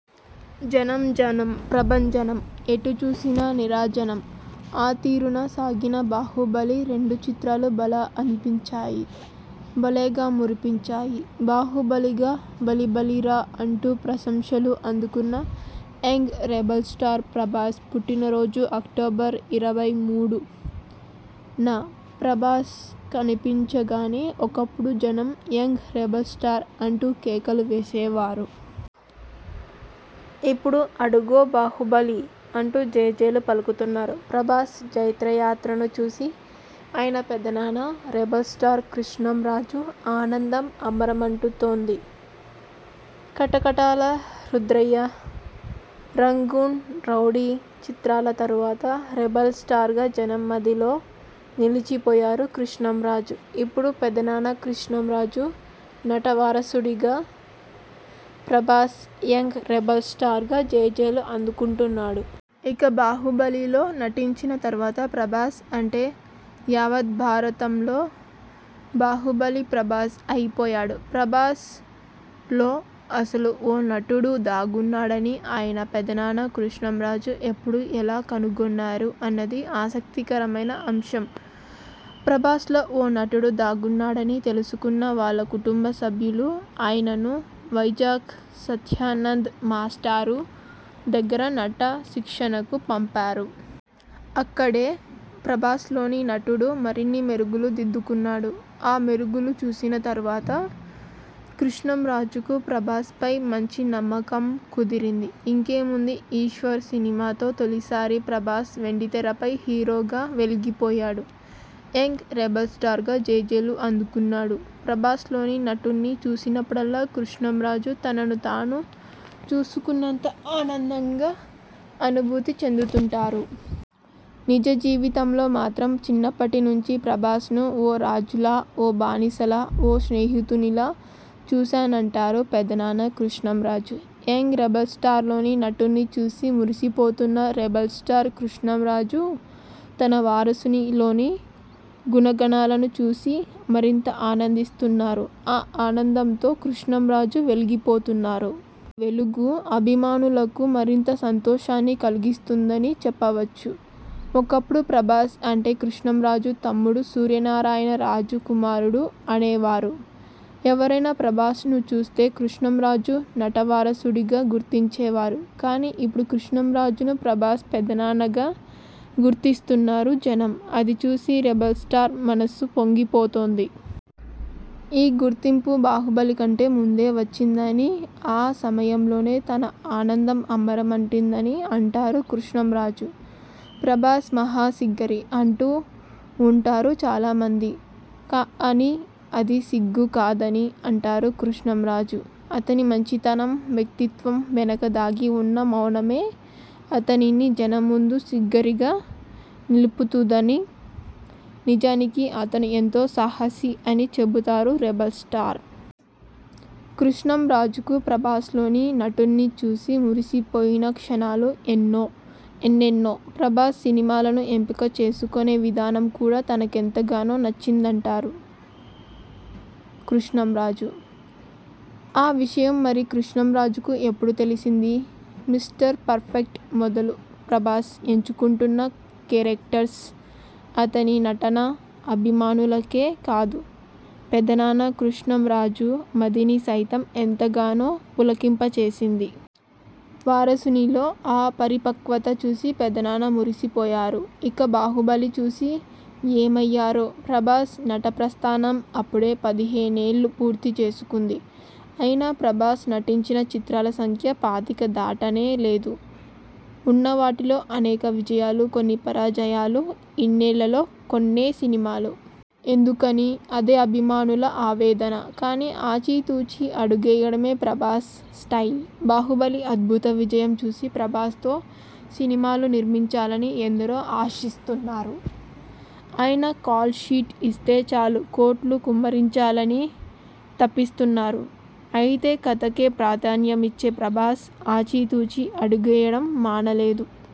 జనం జనం ప్రభంజనం. ఎటు చూసిన నీరాజనం. ఆ తీరున సాగిన 'బాహుబలి' రెండు చిత్రాలు భళా అనిపించాయి. భలేగా మురిపించాయి. 'బాహుబలి'గా భళి భళిరా అంటూ ప్రశంసలు అందుకున్న యంగ్ రెబల్ స్టార్ ప్రభాస్ పుట్టినరోజు అక్టోబర్ ఇరవై మూడు న. ప్రభాస్ కనిపించగానే ఒకప్పుడు జనం 'యంగ్ రెబల్ స్టార్' అంటూ కేకలు వేసేవారు. ఇప్పుడు 'అడుగో బాహుబలి' అంటూ జేజేలు పలుకుతున్నారు. ప్రభాస్ జైత్రయాత్రను చూసి ఆయన పెదనాన్న రెబల్ స్టార్ కృష్ణంరాజు ఆనందం అంబరమంటుతోంది. 'కటకటాల రుద్రయ్య, రంగూన్ రౌడీ' చిత్రాల తరువాత 'రెబల్ స్టార్'గా జనం మదిలో నిలచిపోయారు కృష్ణంరాజు. ఇప్పుడు పెదనాన్న కృష్టంరాజు నటవారసుడిగా ప్రభాస్ 'యంగ్ రెబల్ స్టార్'గా జేజేలు అందుకుంటున్నాడు. ఇక 'బాహుబలి'లో నటించిన తరువాత ప్రభాస్ అంటే యావద్భారతంలో 'బాహుబలి' ప్రభాస్ అయిపోయాడు. ప్రభాస్ లో అసలు ఓ నటుడు దాగున్నాడని ఆయన పెదనాన్న కృష్ణంరాజు ఎప్పుడు ఎలా కనుగొన్నారు అన్నది ఆసక్తికరమైన అంశం. ప్రభాస్ లో ఓ నటుడు దాగున్నాడని తెలుసుకున్న వాళ్ళ కుటుంబసభ్యులు ఆయనను వైజాగ్ సత్యానంద్ మాస్టారు దగ్గర నటశిక్షణకు పంపారు. అక్కడే ప్రభాస్లోని నటుడు మరిన్ని మెరుగులు దిద్దుకున్నాడు. ఆ మెరుగులు చూసిన తరువాత కృష్ణంరాజుకు ప్రభాస్ పై మంచి నమ్మకం కుదిరింది. ఇంకేముంది 'ఈశ్వర్' సినిమాతో తొలిసారి ప్రభాస్ వెండితెరపై హీరోగా వెలిగిపోయాడు. 'యంగ్ రెబల్ స్టార్'గా జేజేలు అందుకున్నాడు. ప్రభాస్ లోని నటుణ్ణి చూసినపుడల్లా కృష్ణంరాజు తనను తాను చూసుకున్నంత ఆనందంగా అనుభూతి చెందుతుంటారు. నిజ జీవితంలో మాత్రం చిన్నప్పటి నుంచీ ప్రభాస్ ను ఓ రాజులా, ఓ బానిసలా, ఓ స్నేహితునిలా చూశానంటారు పెదనాన్న కృష్ణంరాజు. యంగ్ రెబల్ స్టార్లోని నటుణ్ణి చూసి మురిసిపోతున్న రెబల్ స్టార్ కృష్ణంరాజు తన వారసునిలోని గుణగణాలను చూసి మరింత ఆనందిస్తున్నారు. ఆ ఆనందంతో కృష్ణంరాజు వెలిగిపోతున్నారు. ఆ వెలుగు అభిమానులకు మరింత సంతోషాన్ని కలిగిస్తుందని చెప్పవచ్చు. ఒకప్పుడు ప్రభాస్ అంటే కృష్ణంరాజు తమ్ముడు సూర్యనారాయణరాజు కుమారుడు అనేవారు. ఎవరైనా ప్రభాస్ ను చూస్తే కృష్ణంరాజు నటవారసుడుగా గుర్తించేవారు. కానీ, ఇప్పుడు కృష్ణంరాజును 'ప్రభాస్ పెదనాన్న'గా గుర్తిస్తున్నారు జనం. అది చూసి రెబల్ స్టార్ మనసు పొంగిపోతోంది. ఈ గుర్తింపు 'బాహుబలి' కంటే ముందే వచ్చిందని, ఆ సమయంలోనే తన ఆనందం అంబరమంటిందని అంటారు కృష్ణంరాజు. ప్రభాస్ మహా సిగ్గరి అంటూ ఉంటారు చాలామంది. కానీ అది సిగ్గు కాదని అంటారు కృష్ణంరాజు. అతని మంచితనం, వ్యక్తిత్వం వెనక దాగి ఉన్న మౌనమే అతనిని జనం ముందు సిగ్గరిగా నిలుపుతుదని, నిజానికి అతను ఎంతో సాహసి అని చెబుతారు రెబల్ స్టార్. కృష్ణంరాజుకు ప్రభాస్ లోని నటుణ్ణి చూసి మురిసిపోయిన క్షణాలు ఎన్నో ఎన్నెన్నో. ప్రభాస్ సినిమాలను ఎంపిక చేసుకొనే విధానం కూడా తనకెంతగానో నచ్చిందటారు కృష్ణంరాజు. ఆ విషయం మరి కృష్ణంరాజుకు ఎప్పుడు తెలిసింది?. 'మిస్టర్ పర్ ఫెక్ట్' మొదలు ప్రభాస్ ఎంచుకుంటున్న కేరెక్టర్స్, అతని నటన అభిమానులకే కాదు పెదనాన్న కృష్ణంరాజు మదిని సైతం ఎంతగానో పులకింప చేసింది. వారసునిలో ఆ పరిపక్వత చూసి పెదనాన్న మురిసిపోయారు. ఇక 'బాహుబలి' చూసి ఏమయ్యారో? ప్రభాస్ నటప్రస్థానం అప్పుడే పదిహేనేళ్ళు పూర్తి చేసుకుంది. అయినా ప్రభాస్ నటించిన చిత్రాల సంఖ్య పాతిక దాటనే లేదు. ఉన్న వాటిలో అనేక విజయాలు, కొన్ని పరాజయాలు. ఇన్నేళ్ళలో కొన్నే సినిమాలు. ఎందుకని?. అదే అభిమానుల ఆవేదన. కానీ, ఆచి తూచి అడుగేయడమే ప్రభాస్ స్టైల్. 'బాహుబలి అద్భుత విజయం చూసి ప్రభాస్తో సినిమాలు నిర్మించాలని ఎందరో ఆశిస్తున్నారు. ఆయన కాల్ షీట్ ఇస్తే చాలు కోట్లు కుమ్మరించాలనీ తపిస్తున్నారు. అయితే కథకే ప్రాధాన్యమిచ్చే ప్రభాస్ ఆచి తూచి అడుగేయడం మానలేదు.